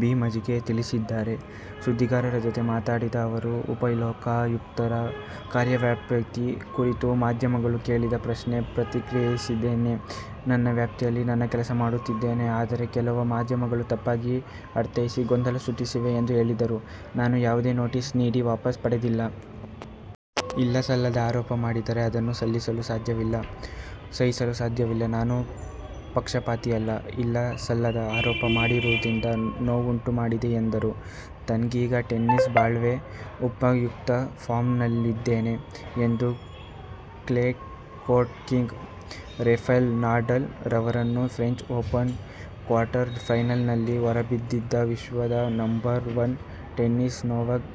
B. Majage ತಿಳಿಸಿದ್ದಾರೆ. ಸುದ್ದಿಗಾರರ ಜತೆ ಮಾತನಾಡಿದ ಅವರು, ಉಪಲೋಕಾಯುಕ್ತರ ಕಾರ್ಯವ್ಯಾಪ್ತಿ ಕುರಿತು ಮಾಧ್ಯಮಗಳು ಕೇಳಿದ ಪ್ರಶ್ನೆ ಪ್ರತಿಕ್ರಿಯಿಸಿದ್ದೇನೆ. ನನ್ನ ವ್ಯಾಪ್ತಿಯಲ್ಲಿ ನಾನು ಕೆಲಸ ಮಾಡುತ್ತಿದ್ದೇನೆ. ಆದರೆ, ಕೆಲವು ಮಾಧ್ಯಮಗಳು ತಪ್ಪಾಗಿ ಅರ್ಥೈಸಿ ಗೊಂದಲ ಸೃಷ್ಟಿಸಿವೆ ಎಂದು ಹೇಳಿದರು. ನಾನು ಯಾವುದೇ ನೊಟೀಸ್ ನೀಡಿ ವಾಪಸ್ ಪಡೆದಿಲ್ಲ. ಇಲ್ಲ-ಸಲ್ಲದ ಆರೋಪ ಮಾಡಿದರೆ ಅದನ್ನು ಸಹಿಸಲು ಸಾಧ್ಯವಿಲ್ಲ. ನಾನು ಪಕ್ಷಪಾತಿಯಲ್ಲ. ಇಲ್ಲ-ಸಲ್ಲದ ಆರೋಪ ಮಾಡಿರುವುದು ನೋವುಂಟು ಮಾಡಿದೆ ಎಂದರು. ತಾನೀಗ ಟೆನಿಸ್ ಬಾಳ್ವೆಯ ಉತ್ತುಂಗ ಫಾರ್ಮ್ನಲ್ಲಿದ್ದೇನೆ ಎಂದು "clay court king' Rafael Nadal ಅವರನ್ನು ಫ್ರೆಂಚ್ ಓಪನ್ ಕ್ವಾರ್ಟರ್ ಫೈನಲ್ನಲ್ಲಿ ಹೊರದಬ್ಬಿದ ವಿಶ್ವದ ನಂಬರ್ ವನ್ ಟೆನಿಸಿಗ ನೊವಾಕ್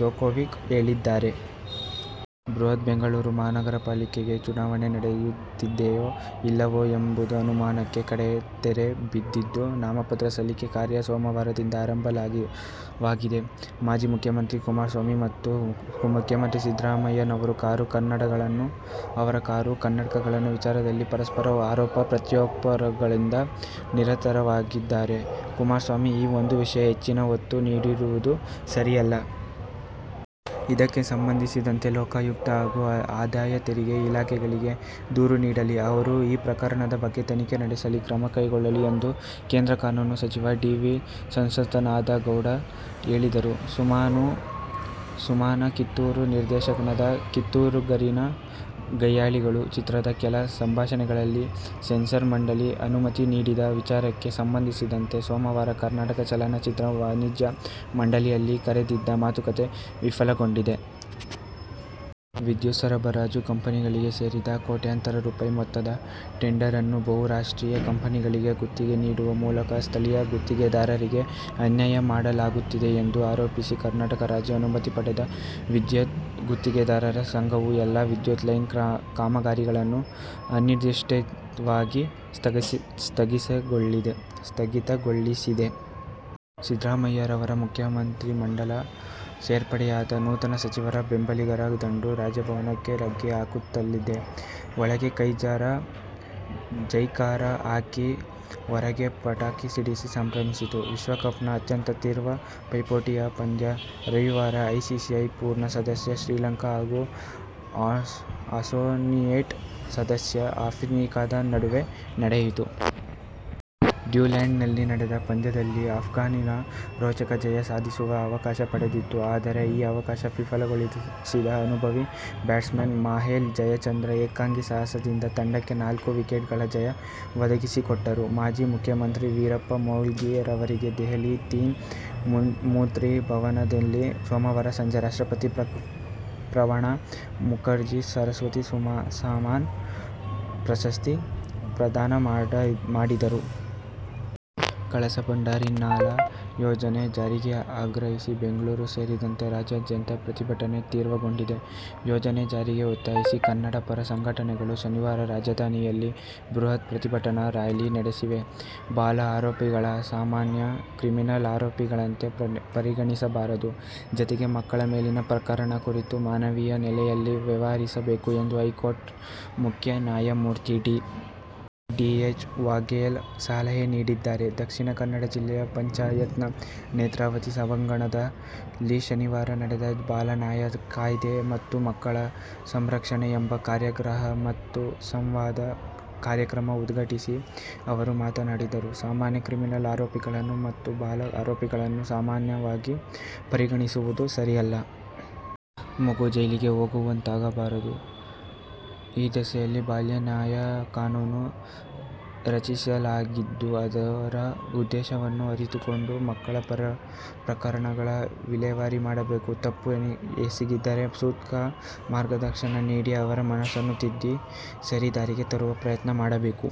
ಜೊಕೋವಿಕ್ ಹೇಳಿದ್ದಾರೆ. ಬೃಹತ್ ಬೆಂಗಳೂರು ಮಹಾನಗರ ಪಾಲಿಕೆ ಗೆ ಚುನಾವಣೆ ನಡೆಯುತ್ತದೆಯೋ ಇಲ್ಲವೋ ಎಂಬ ಅನುಮಾನಕ್ಕೆ ಕಡೆಗೂ ತೆರೆ ಬಿದ್ದಿದ್ದು, ನಾಮಪತ್ರ ಸಲ್ಲಿಕೆ ಕಾರ್ಯ ಸೋಮವಾರದಿಂದ ಆರಂಭವಾಗಲಿದೆ. ಮಾಜಿ ಮುಖ್ಯಮಂತ್ರಿ ಕುಮಾರಸ್ವಾಮಿ ಮತ್ತು ಮುಖ್ಯಮಂತ್ರಿ ಸಿದ್ದರಾಮಯ್ಯ ಅವರು ಕಾರು, ಕನ್ನಡಕಗಳ ವಿಚಾರವಾಗಿ ಪರಸ್ಪರ ಆರೋಪ-ಪ್ರತ್ಯಾರೋಪದಲ್ಲಿ ನಿರತರಾಗಿದ್ದಾರೆ. ಕುಮಾರಸ್ವಾಮಿ ಈ ಒಂದು ವಿಷಯಕ್ಕೆ ಹೆಚ್ಚಿನ ಒತ್ತು ನೀಡಿರುವುದು ಸರಿಯಲ್ಲ. ಇದಕ್ಕೆ ಸಂಬಂಧಿಸಿದಂತೆ ಲೋಕಾಯುಕ್ತ ಹಾಗೂ ಆದಾಯ ತೆರಿಗೆ ಇಲಾಖೆಗಳಿಗೆ ದೂರು ನೀಡಲಿ. ಅವರು ಈ ಪ್ರಕರಣದ ಬಗ್ಗೆ ತನಿಖೆ ನಡೆಸಿ ಕ್ರಮ ಕೈಗೊಳ್ಳಲಿ ಎಂದು ಕೇಂದ್ರ ಕಾನೂನು ಸಚಿವ ಡಿ. ವಿ. ಸದಾನಂದ ಗೌಡ ಹೇಳಿದರು. ಸುಮನಾ ಕಿತ್ತೂರು ನಿರ್ದೇಶನದ ಕಿರಗೂರಿನ ಗಯ್ನಾಳಿಗಳು ಚಿತ್ರದ ಕೆಲ ಸಂಭಾಷಣೆಗಳಿಗೆ ಸೆನ್ಸಾರ್ ಮಂಡಳಿ ಅನುಮತಿ ನೀಡದ ವಿಚಾರಕ್ಕೆ ಸಂಬಂಧಿಸಿದಂತೆ ಸೋಮವಾರ ಕರ್ನಾಟಕ ಚಲನಚಿತ್ರ ವಾಣಿಜ್ಯ ಮಂಡಳಿಯಲ್ಲಿ ಕರೆದಿದ್ದ ಮಾತುಕತೆ ವಿಫಲಗೊಂಡಿದೆ. ವಿದ್ಯುತ್ ಸರಬರಾಜು ಕಂಪನಿಗಳಿಗೆ ಸೇರಿದ ಕೋಟ್ಯಂತರ ರೂ. ಮೊತ್ತದ ಟೆಂಡರ್ ಅನ್ನು ಬಹುರಾಷ್ಟ್ರೀಯ ಕಂಪನಿಗಳಿಗೆ ಗುತ್ತಿಗೆ ನೀಡುವ ಮೂಲಕ ಸ್ಥಳೀಯ ಗುತ್ತಿಗೆದಾರರಿಗೆ ಅನ್ಯಾಯ ಮಾಡಲಾಗುತ್ತಿದೆ ಎಂದು ಆರೋಪಿಸಿ ಕರ್ನಾಟಕ ರಾಜ್ಯ ಅನುಮತಿ ಪಡೆದ ವಿದ್ಯುತ್ ಗುತ್ತಿಗೆದಾರರ ಸಂಘವು ಎಲ್ಲ ವಿದ್ಯುತ್ ಲೈನ್ ಕಾಮಗಾರಿಗಳನ್ನು ಅನಿರ್ದಿಷ್ಟಾವಧಿ ಸ್ಥಗಿತಗೊಳಿಸಿದೆ. ಸಿದ್ದರಾಮಯ್ಯ ಅವರ ಮಂತ್ರಿಮಂಡಲಕ್ಕೆ ಸೇರ್ಪಡೆಯಾದ ನೂತನಸಚಿವರ ಬೆಂಬಲಿಗರ ದಂಡು ರಾಜಭವನಕ್ಕೆ ಲಗ್ಗೆ ಹಾಕಿತ್ತಲ್ಲದೆ ಒಳಗೆ ಜೈಕಾರ ಹಾಕಿ ಹೊರಗೆ ಪಟಾಕಿ ಸಿಡಿಸಿ ಸಂಭ್ರಮಿಸಿತು. ವಿಶ್ವ ಕಪ್ನ ಅತ್ಯಂತ ತೀವ್ರ ಪೈಪೋಟಿಯ ಪಂದ್ಯ ರವಿವಾರ ಐಸಿಸಿಯ ಪೂರ್ಣ ಸದಸ್ಯ ಶ್ರೀಲಂಕಾ ಮತ್ತು ಅಸೋಸಿಯೇಟ್ ಸದಸ್ಯ ಅಫ್ಘಾನಿಸ್ಥಾನ ನಡುವೆ ನಡೆಯಿತು. ಡ್ಯುನೆಡಿನ್ನಲ್ಲಿ ನಡೆದ ಈ ಪಂದ್ಯದಲ್ಲಿ ಅಫ್ಘಾನಿಸ್ಥಾನ ರೋಚಕ ಜಯ ಸಾಧಿಸುವ ಅವಕಾಶ ಪಡೆದಿತ್ತು. ಆದರೆ ಈ ಅವಕಾಶ ವಿಫಲಗೊಳಿಸಿದ ಅನುಭವಿ ಬ್ಯಾಟ್ಸ್ಮನ್ ಮಾಹೇಲ ಜಯವರ್ಧನ ಏಕಾಂಗಿ ಸಾಹಸದಿಂದಾಗಿ ತಂಡಕ್ಕೆ ನಾಲ್ಕು ವಿಕೆಟ್ಗಳ ಜಯ ಒದಗಿಸಿಕೊಟ್ಟರು. ಮಾಜಿ ಮುಖ್ಯಮಂತ್ರಿ ವೀರಪ್ಪ ಮೊಯ್ಲಿ ಅವರಿಗೆ ದೆಹಲಿಯ ತೀನ್ ಮೂರ್ತಿ ಭವನದಲ್ಲಿ ಸೋಮವಾರ ಸಂಜೆ ರಾಷ್ಟ್ರಪತಿ ಪ್ರಣವ ಮುಖರ್ಜಿ ಸರಸ್ವತಿ ಸಮ್ಮಾನ್ ಪ್ರಶಸ್ತಿ ಪ್ರದಾನ ಮಾಡಿದರು. ಕಳಸಾ ಬಂಡೂರಿ ನಾಲಾ ಯೋಜನೆ ಜಾರಿಗೆ ಆಗ್ರಹಿಸಿ ಬೆಂಗಳೂರು ಸೇರಿದಂತೆ ರಾಜ್ಯಾದ್ಯಂತ ಪ್ರತಿಭಟನೆ ತೀವ್ರಗೊಂಡಿದೆ. ಯೋಜನೆ ಜಾರಿಗೆ ಒತ್ತಾಯಿಸಿ ಕನ್ನಡಪರ ಸಂಘಟನೆಗಳು ಶನಿವಾರ ರಾಜಧಾನಿಯಲ್ಲಿ ಬೃಹತ್ ಪ್ರತಿಭಟನಾ ರಾಲಿ ನಡೆಸಿವೆ. ಬಾಲ ಆರೋಪಿಗಳನ್ನು ಸಾಮಾನ್ಯ ಕ್ರಿಮಿನಲ್ ಆರೋಪಿಗಳಂತೆ ಪರಿಗಣಿಸಬಾರದು. ಜತೆಗೆ, ಮಕ್ಕಳ ಮೇಲಿನ ಪ್ರಕರಣಗಳ ಕುರಿತು ಮಾನವೀಯ ನೆಲೆಯಲ್ಲಿ ವ್ಯವಹರಿಸಬೇಕು ಎಂದು ಹೈಕೋರ್ಟ್ ಮುಖ್ಯ ನ್ಯಾಯಮೂರ್ತಿ ಡಿ. ಎಚ್. ವಘೇಲಾ ಸಲಹೆ ನೀಡಿದ್ದಾರೆ. ದಕ್ಷಿಣ ಕನ್ನಡ ಜಿಲ್ಲಾ ಪಂಚಾಯತ್ನ ನೇತ್ರಾವತಿ ಸಭಾಂಗಣದಲ್ಲಿ ಶನಿವಾರ ನಡೆದ "ಬಾಲ ನ್ಯಾಯ ಕಾಯ್ದೆ' ಮತ್ತು ಮಕ್ಕಳ ಸಂರಕ್ಷಣೆ ಎಂಬ ಕಾರ್ಯಾಗಾರ ಮತ್ತು ಸಂವಾದ ಕಾರ್ಯಕ್ರಮ ಉದ್ಘಾಟಿಸಿ ಅವರು ಮಾತನಾಡಿದರು. ಸಾಮಾನ್ಯ ಕ್ರಿಮಿನಲ್ ಆರೋಪಿಗಳನ್ನು ಮತ್ತು ಬಾಲ ಆರೋಪಿಗಳನ್ನು ಸಮಾನವಾಗಿ ಪರಿಗಣಿಸುವುದು ಸರಿಯಲ್ಲ. ಮಗು ಜೈಲಿಗೆ ಹೋಗುವಂತಾಗಬಾರದು. ಈ ದಿಸೆಯಲ್ಲಿ ಬಾಲ ನ್ಯಾಯ ಕಾನೂನು ರಚಿಸಲಾಗಿದ್ದು, ಅದರ ಉದ್ದೇಶವನ್ನು ಅರಿತುಕೊಂಡು ಮಕ್ಕಳ ಪ್ರಕರಣಗಳ ವಿಲೇವಾರಿ ಮಾಡಬೇಕು. ತಪ್ಪು ಎಸಗಿದ್ದರೆ ಸೂಕ್ತ ಮಾರ್ಗದರ್ಶನ ನೀಡಿ ಅವರ ಮನಸ್ಸನ್ನು ತಿದ್ದಿ ಸರಿ ದಾರಿಗೆ ತರುವ ಪ್ರಯತ್ನ ಮಾಡಬೇಕು.